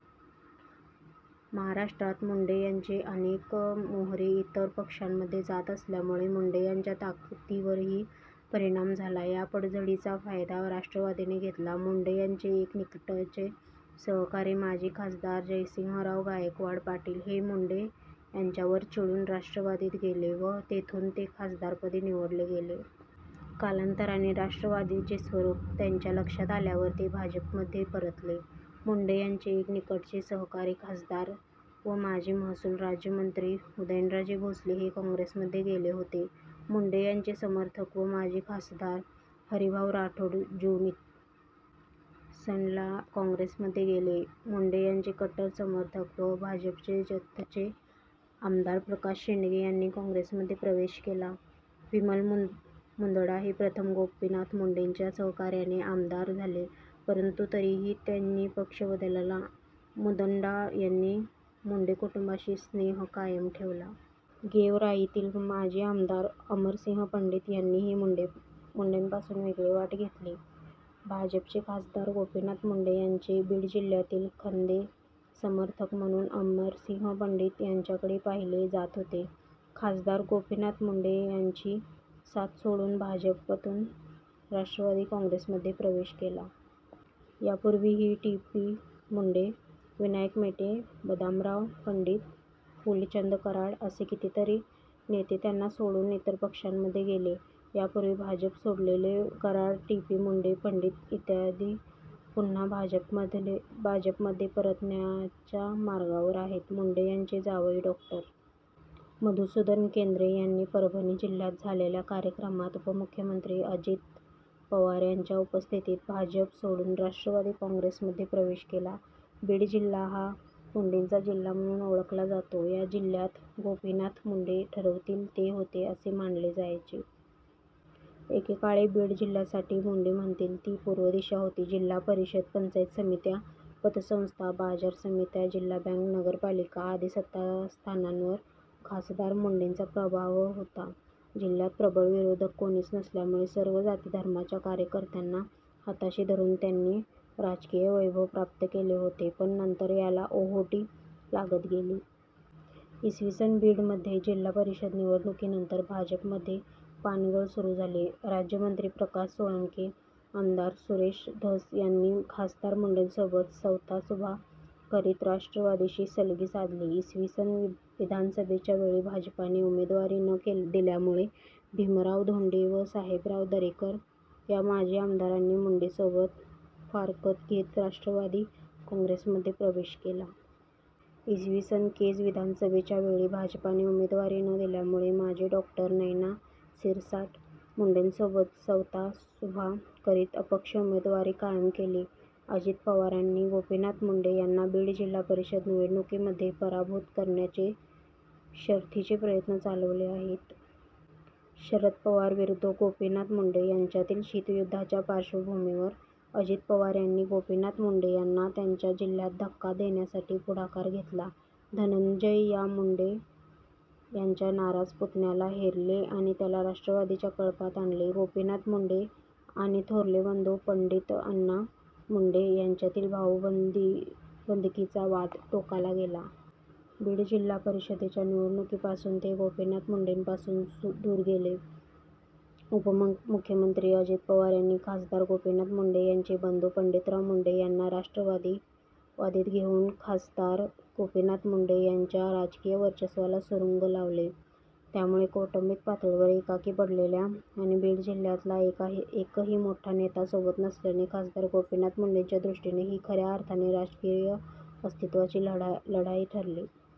महाराष्ट्रात मुंडे यांचे अनेक मोहरे इतर पक्षामध्ये जात असल्यामुळे मुंडे यांच्या ताकदीवरही परिणाम झाला. या पडझडीचा फायदा राष्ट्रवादीने घेतला. मुंडे यांचे एक निकटचे सहकारी माजी खासदार जयसिंहराव गायकवाड पाटील हे मुंडे यांच्यावर चिडून राष्ट्रवादीत गेले व तेथून ते खासदारपदी निवडले गेले. कालांतराने राष्ट्रवादीचे स्वरूप त्यांच्या लक्षात आल्यावर ते भाजपमध्ये परतले. मुंडे यांचे एक निकटचे सहकारी खासदार व माजी महसूल राज्यमंत्री उदयनराजे भोसले हे काँग्रेसमध्ये गेले होते. मुंडे यांचे समर्थक व माजी खासदार हरिभाऊ राठोड जून, इ. स. ला काँग्रेसमध्ये गेले. मुंडे यांचे कट्टर समर्थक व भाजपचे जतचे आमदार प्रकाश शेंडगे यांनी काँग्रेसमध्ये प्रवेश केला. विमल मुंदडा हे प्रथम गोपीनाथ मुंडेंच्या सहकार्याने आमदार झाले परंतु तरीही त्यांनी पक्ष बदलला. मुंदडा यांनी मुंडे कुटुंबाशी स्नेह कायम ठेवला. गेवराईतील माजी आमदार अमरसिंह पंडित यांनीही मुंडेंपासून वेगळी वाट घेतली. भाजपचे खासदार गोपीनाथ मुंडे यांचे बीडजिल्हय़ातील खन्दे समर्थक म्हणून अमरसिंह पण्डित यांच्याकडे पाहिले जात होते. खासदार गोपीनाथ मुंडे यांची साथ सोडून भाजपतून राष्ट्रवादी काँग्रेसमध्ये प्रवेश केला. यापूर्वीही टी. पी. मुंडे, विनायक मेटे, बदामराव पण्डित, फुलचंद कराड असे कितीतरी नेते त्यांना सोडून इतर पक्षांमध्ये गेले. यापूर्वी भाजप सोडलेले कराड, टी. पी. मुंडे, पंडित, इ. पुन्हा भाजपमध्ये परतण्याच्या मार्गावर आहेत. मुंडे यांचे जावई डॉ. मधुसुदन केन्द्रे यांनी परभणी जिल्ह्यात झालेल्या कार्यक्रमात उपमुख्यमंत्री अजित पवार यांच्या उपस्थितीत भाजप सोडून राष्ट्रवादी काँग्रेसमध्ये प्रवेश केला. बीड जिल्हा हा मुंडेंचा जिल्हा म्हणून ओळखला जातो. या जिल्ह्यात गोपीनाथ मुंडे ठरवतील ते होते असे मानले जायचे. एकेकाळी बीड जिल्ह्यासाठी मुंडे म्हणतील ती पूर्व दिशा होती. जिल्हा परिषद, पंचायत समित्या, पतसंस्था, बाजार समित्या, जिल्हा बँक, नगरपालिका आदी सत्तास्थानांवर खासदार मुंडेंचा प्रभाव होता. जिल्ह्यात प्रबळ विरोधक कोणीच नसल्यामुळे सर्व जाती-धर्मांच्या कार्यकर्त्यांना हाताशी धरून त्यांनी राजकीय वैभव प्राप्त केले होते, पण नंतर याला ओहोटी लागत गेली. इ. स. बीड मध्ये जिल्हा परिषद निवडणुकीनंतर भाजपमध्ये पानगळ सुरू झाली. राज्यमंत्री प्रकाश सोळंके, आमदार सुरेश धस यांनी खासदार मुंडेंसोबत सवतासुभा करीत राष्ट्रवादीशी सलगी साधली. इ. स. विधानसभेच्या वेळी भाजपाने उमेदवारी न दिल्यामुळे भीमराव धोण्डे व साहेबराव दरेकर या माजी आमदारांनी मुंडेंसोबत फारकत घेत राष्ट्रवादी काँग्रेसमध्ये प्रवेश केला. इ. स. केज विधानसभेच्या वेळी भाजपाने उमेदवारी न दिल्यामुळे माजी डॉ. नयना सिरसाट मुंडेंसोबत सवतासुभा करीत अपक्ष उमेदवारी कायम केली। अजित पवारांनी गोपीनाथ मुंडे यांना बीड जिल्हा परिषद निवडणुकीमध्ये पराभूत करण्याचे शर्थीचे प्रयत्न चालवले आहेत. शरद पवार विरुद्ध गोपीनाथ मुंडे यांच्यातील शीतयुद्धाच्या पार्श्वभूमीवर अजित पवार यांनी गोपीनाथ मुंडे यांना त्यांच्या जिल्ह्यात धक्का देण्यासाठी पुढाकार घेतला. धनंजय या मुंडे यांच्या नाराज पुतण्याला हेरले आणि त्याला राष्ट्रवादीच्या कळपात आणले. गोपीनाथ मुंडे आणि थोरले बंधू पण्डितअण्णा मुंडे यांच्यातील भाऊबंदकीचा वाद टोकाला गेला. बीड जिल्हा परिषदेच्या निवडणुकीपासून ते गोपीनाथ मुंडेपासून दूर गेले. उपमुख्यमंत्री अजित पवार यांनी खासदार गोपीनाथ मुंडे यांचे बंधू पण्डितराव मुंडे यांना राष्ट्रवादीत घेऊन खासदार गोपीनाथ मुंडे यांच्या राजकीय वर्चस्वाला सुरूंग लावले. त्यामुळे कौटुम्बिक पातळीवर एकाकी पडलेल्या आणि बीड जिल्ह्यातला एकही मोठा नेता सोबत नसल्याने खासदार गोपीनाथ मुंडेंच्या दृष्टीने ही खऱ्या अर्थाने राजकीय अस्तित्वाची लढाई ठरली.